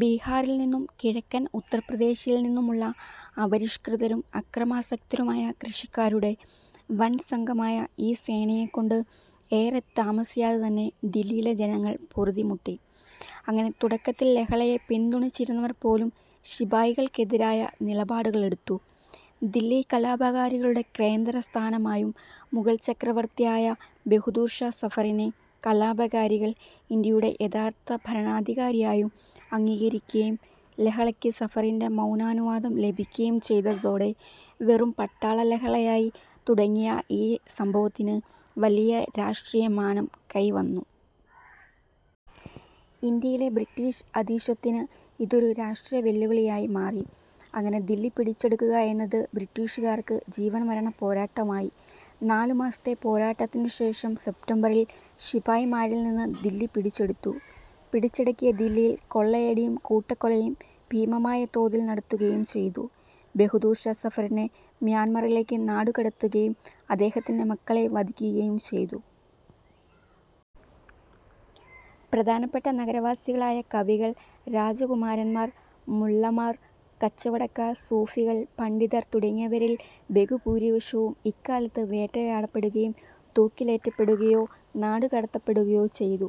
ബിഹാറിൽ നിന്നും കിഴക്കൻ ഉത്തർപ്രദേശിൽനിന്നുമുള്ള അപരിഷ്കൃതരും അക്രമാസക്തരുമായ കൃഷിക്കാരുടെ വൻസംഘമായ ഈ സേനയെക്കൊണ്ട് ഏറെ താമസിയാതെതന്നെ ദില്ലിയിലെ ജനങ്ങൾ പൊറുതിമുട്ടി. അങ്ങനെ തുടക്കത്തിൽ ലഹളയെ പിന്തുണച്ചിരുന്നവർ പോലും ശിപായികൾക്കെതിരായ നിലപാടുകളെടുത്തു. ദില്ലി കലാപകാരികളുടെ കേന്ദ്രസ്ഥാനമായും മുഗൾ ചക്രവർത്തിയായ ബിഹദൂർഷാ സഫറിനെ കലാപകാരികൾ ഇന്ത്യയുടെ യഥാർത്ഥ ഭരണാധികാരിയായും അംഗീകരിക്കയും ലഹളക്ക് സഫറിൻ്റെ മൗനാനുവാദം ലഭിക്കുകയും ചെയ്തതോടെ വെറും പട്ടാളലഹളയായി തുടങ്ങിയ ഈ സംഭവത്തിന് വലിയ രാഷ്ട്രീയമാനം കൈവന്നു. ഇന്ത്യയിലെ ബ്രിട്ടീഷ് അധീശത്വത്തിന് ഇതൊരു രാഷ്ട്രീയവെല്ലുവിളിയായി മാറി. അങ്ങനെ, ദില്ലി പിടിച്ചടക്കുക എന്നത് ബ്രിട്ടീഷുകാർക്ക് ജീവൻമരണപ്പോരാട്ടമായി. നാലുമാസത്തെ പോരാട്ടത്തിനു ശേഷം സെപ്റ്റംബറിൽ ശിപായിമാരിൽനിന്ന് ദില്ലി പിടിച്ചെടുത്തു. പിടിച്ചടക്കിയ ദില്ലിയിൽ കൊള്ളയടിയും കൂട്ടക്കൊലയും ഭീമമായ തോതിൽ നടത്തുകയും ചെയ്തു. ബിഹദൂർഷാ സഫറിനെ മ്യാൻമറിലേക്ക് നാടുകടത്തുകയും അദ്ദേഹത്തിൻ്റെ മക്കളെ വധിക്കികയും ചെയ്തു. പ്രധാനപ്പെട്ട നഗരവാസികളായ കവികൾ, രാജകുമാരന്മാർ, മുല്ലമാർ, കച്ചവടക്കാർ, സൂഫികൾ, പണ്ഡിതർ തുടങ്ങിയവരിൽ ബെഹുഭൂരിപക്ഷവും ഇക്കാലത്ത് വേട്ടയാടപ്പെടുകയും തൂക്കിലേറ്റപ്പെടുകയോ നാടുകടത്തപ്പെടുകയോ ചെയ്തു.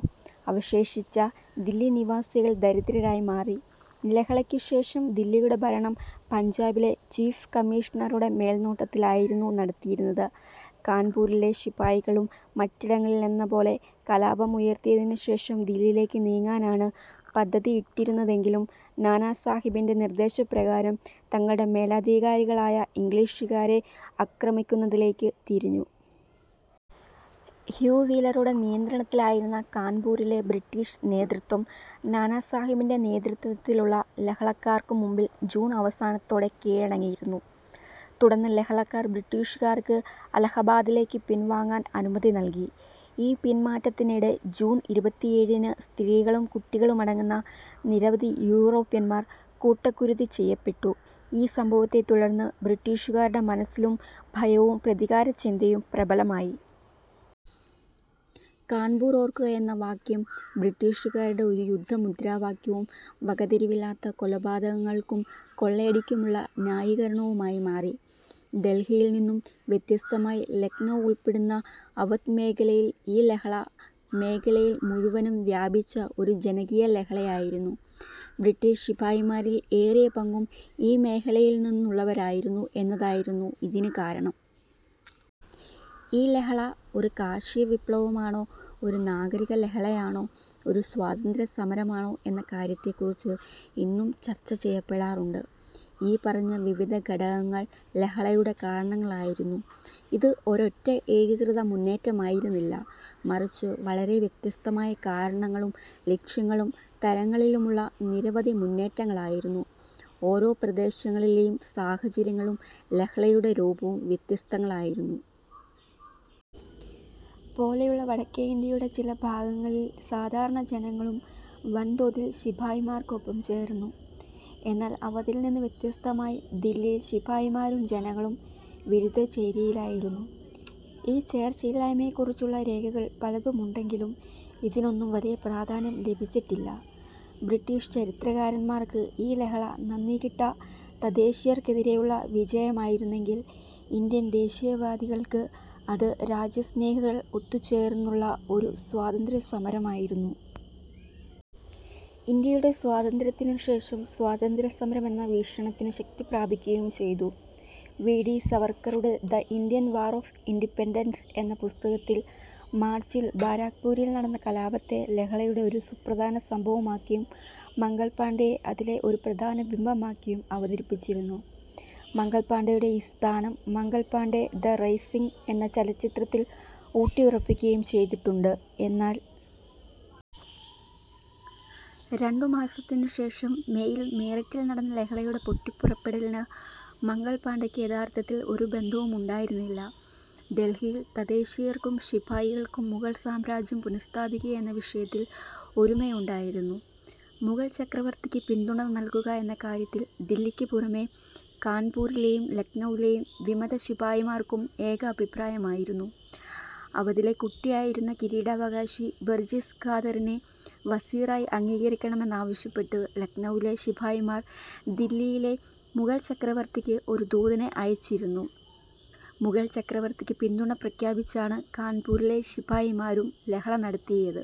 അവശേഷിച്ച ദില്ലി നിവാസികൾ ദരിദ്രരായി മാറി. ലഹളയ്ക്കുശേഷം ദില്ലിയുടെ ഭരണം പഞ്ചാബിലെ ചീഫ് കമ്മീഷണറുടെ മേൽനോട്ടത്തിലായിരുന്നു നടത്തിയിരുന്നത്. കാൻപൂരിലെ ശിപായികളും മറ്റിടങ്ങളിലെന്നപോലെ കലാപമുയർത്തിയതിനുശേഷം ദില്ലിയിലേക്ക് നീങ്ങാനാണ് പദ്ധതിയിട്ടിരുന്നതെങ്കിലും, നാനാസാഹിബിൻ്റെ നിർദ്ദേശപ്രകാരം തങ്ങളുടെ മേലധികാരികളായ ഇംഗ്ലീഷുകാരെ ആക്രമിക്കുന്നതിലേക്ക് തിരിഞ്ഞു. ഹ്യൂ വീലറുടെ നിയന്ത്രണത്തിലായിരുന്ന കാൻപൂരിലെ ബ്രിട്ടീഷ് നേതൃത്വം, നാനാസാഹിബിൻ്റെ നേതൃത്വത്തിലുള്ള ലഹളക്കാർക്കുമുമ്പിൽ ജൂൺ അവസാനത്തോടെ കീഴടങ്ങിയിരുന്നു. തുടർന്ന് ലഹളക്കാർ ബ്രിട്ടീഷുകാർക്ക് അലഹബാദിലേക്ക് പിൻവാങ്ങാൻ അനുമതി നൽകി. ഈ പിൻമാറ്റത്തിനിടെ ജൂൺ ഇരുപത്തിയേഴിന് സ്ത്രീകളും കുട്ടികളുമടങ്ങുന്ന നിരവധി യൂറോപ്യന്മാർ കൂട്ടക്കുരുതി ചെയ്യപ്പെട്ടു.ഈ സംഭവത്തെത്തുടർന്ന് ബ്രിട്ടീഷുകാരുടെ മനസ്സിലും ഭയവും പ്രതികാരചിന്തയും പ്രബലമായി. കാൻപൂർ ഓർക്കുക എന്ന വാക്യം ബ്രിട്ടീഷുകാരുടെ ഒരു യുദ്ധമുദ്രാവാക്യവും, വകതിരിവില്ലാത്ത കൊലപാതകങ്ങൾക്കും കൊള്ളയടിക്കുമുള്ള ന്യായീകരണവുമായി മാറി. ഡൽഹിയിൽ നിന്നും വ്യത്യസ്തമായി, ലക്നൗ ഉൾപ്പെടുന്ന അവധ് മേഖലയിൽ ഈ ലഹള മേഖലയിൽ മുഴുവനും വ്യാപിച്ച ഒരു ജനകീയലഹളയായിരുന്നു. ബ്രിട്ടീഷ് ശിപായിമാരിൽ ഏറിയ പങ്കും ഈ മേഖലയിൽനിന്നുള്ളവരായിരുന്നു എന്നതായിരുന്നു ഇതിന് കാരണം. ഈ ലഹള ഒരു കാർഷികവിപ്ലവമാണോ, ഒരു നാഗരികലഹളയാണോ, ഒരു സ്വാതന്ത്ര്യ സമരമാണോ എന്ന കാര്യത്തെക്കുറിച്ച് ഇന്നും ചർച്ച ചെയ്യപ്പെടാറുണ്ട്. ഈ പറഞ്ഞ വിവിധ ഘടകങ്ങൾ ലഹളയുടെ കാരണങ്ങളായിരുന്നു. ഇത് ഒരൊറ്റ ഏകീകൃത മുന്നേറ്റമായിരുന്നില്ല, മറിച്ച് വളരെ വ്യത്യസ്തമായ കാരണങ്ങളും ലക്ഷ്യങ്ങളും തരങ്ങളിലുമുള്ള നിരവധി മുന്നേറ്റങ്ങളായിരുന്നു. ഓരോ പ്രദേശങ്ങളിലെയും സാഹചര്യങ്ങളും ലഹളയുടെ രൂപവും വ്യത്യസ്തങ്ങളായിരുന്നു. പോലെയുള്ള വടക്കേയിന്ത്യയുടെ ചില ഭാഗങ്ങളിൽ സാധാരണ ജനങ്ങളും വൻതോതിൽ ശിപായിമാർക്കൊപ്പം ചേർന്നു. എന്നാൽ അവധിൽനിന്ന് വ്യത്യസ്തമായി ദില്ലിയിൽ ശിപായിമാരും ജനങ്ങളും വിരുദ്ധചേരിയിലായിരുന്നു. ഈ ചേർച്ചയില്ലായ്മയെക്കുറിച്ചുള്ള രേഖകൾ പലതുമുണ്ടെങ്കിലും ഇതിനൊന്നും വലിയ പ്രാധാന്യം ലഭിച്ചിട്ടില്ല. ബ്രിട്ടീഷ് ചരിത്രകാരന്മാർക്ക് ഈ ലഹള നന്ദികെട്ട തദ്ദേശീയർക്കെതിരെയുള്ള വിജയമായിരുന്നെങ്കിൽ, ഇന്ത്യൻ ദേശീയവാദികൾക്ക് അത് രാജ്യസ്നേഹികൾ ഒത്തുചേർന്നുള്ള ഒരു സ്വാതന്ത്ര്യസമരമായിരുന്നു. ഇന്ത്യയുടെ സ്വാതന്ത്ര്യത്തിനുശേഷം സ്വാതന്ത്ര്യസമരം എന്ന വീക്ഷണത്തിന് ശക്തിപ്രാപിക്കുകയും ചെയ്തു. വി ഡി സവർക്കറുടെ the Indian war of independence എന്ന പുസ്തകത്തിൽ മാർച്ചിൽ ബാരക്ക്പൂരിൽ നടന്ന കലാപത്തെ ലഹളയുടെ ഒരു സുപ്രധാന സംഭവമാക്കിയും മംഗൽ പാണ്ഡെയെ അതിലെ ഒരു പ്രധാന ബിംബമാക്കിയും അവതരിപ്പിച്ചിരുന്നു. മംഗൽ പാണ്ഡെയുടെ ഈ സ്ഥാനം മംഗൽ പാണ്ഡെ ദ റൈസിങ് എന്ന ചലച്ചിത്രത്തിൽ ഊട്ടിയുറപ്പിക്കുകയും ചെയ്തിട്ടുണ്ട്. എന്നാൽ രണ്ടു മാസത്തിനുശേഷം മേയിൽ മീററ്റിൽ നടന്ന ലഹളയുടെ പൊട്ടിപ്പുറപ്പെടലിന് മംഗൽ പാണ്ഡെയ്ക്ക് യഥാർത്ഥത്തിൽ ഒരു ബന്ധവുമുണ്ടായിരുന്നില്ല. ഡെൽഹിയിൽ തദ്ദേശീയർക്കും ശിപായികൾക്കും മുഗൾ സാമ്രാജ്യം പുനഃസ്ഥാപിക്കുക എന്ന വിഷയത്തിൽ ഒരുമയുണ്ടായിരുന്നു. മുഗൾ ചക്രവർത്തിക്ക് പിന്തുണ നൽകുക എന്ന കാര്യത്തിൽ ദില്ലിക്കുപുറമേ കാൻപൂരിലെയും ലക്നൗവിലെയും വിമതശിപായിമാർക്കും ഏകാഭിപ്രായമായിരുന്നു. അവധിലെ കുട്ടിയായിരുന്ന കിരീടാവകാശി ബിർജിസ് ഖാദിറിനെ വസീറായി അംഗീകരിക്കണമെന്നാവശ്യപ്പെട്ട് ലക്നൗവിലെ ശിപായിമാർ ദില്ലിയിലെ മുഗൾ ചക്രവർത്തിക്ക് ഒരു ദൂതനെ അയച്ചിരുന്നു. മുഗൾ ചക്രവർത്തിക്ക് പിന്തുണ പ്രഖ്യാപിച്ചാണ് കാൻപൂരിലെ ശിപായിമാരും ലഹള നടത്തിയത്.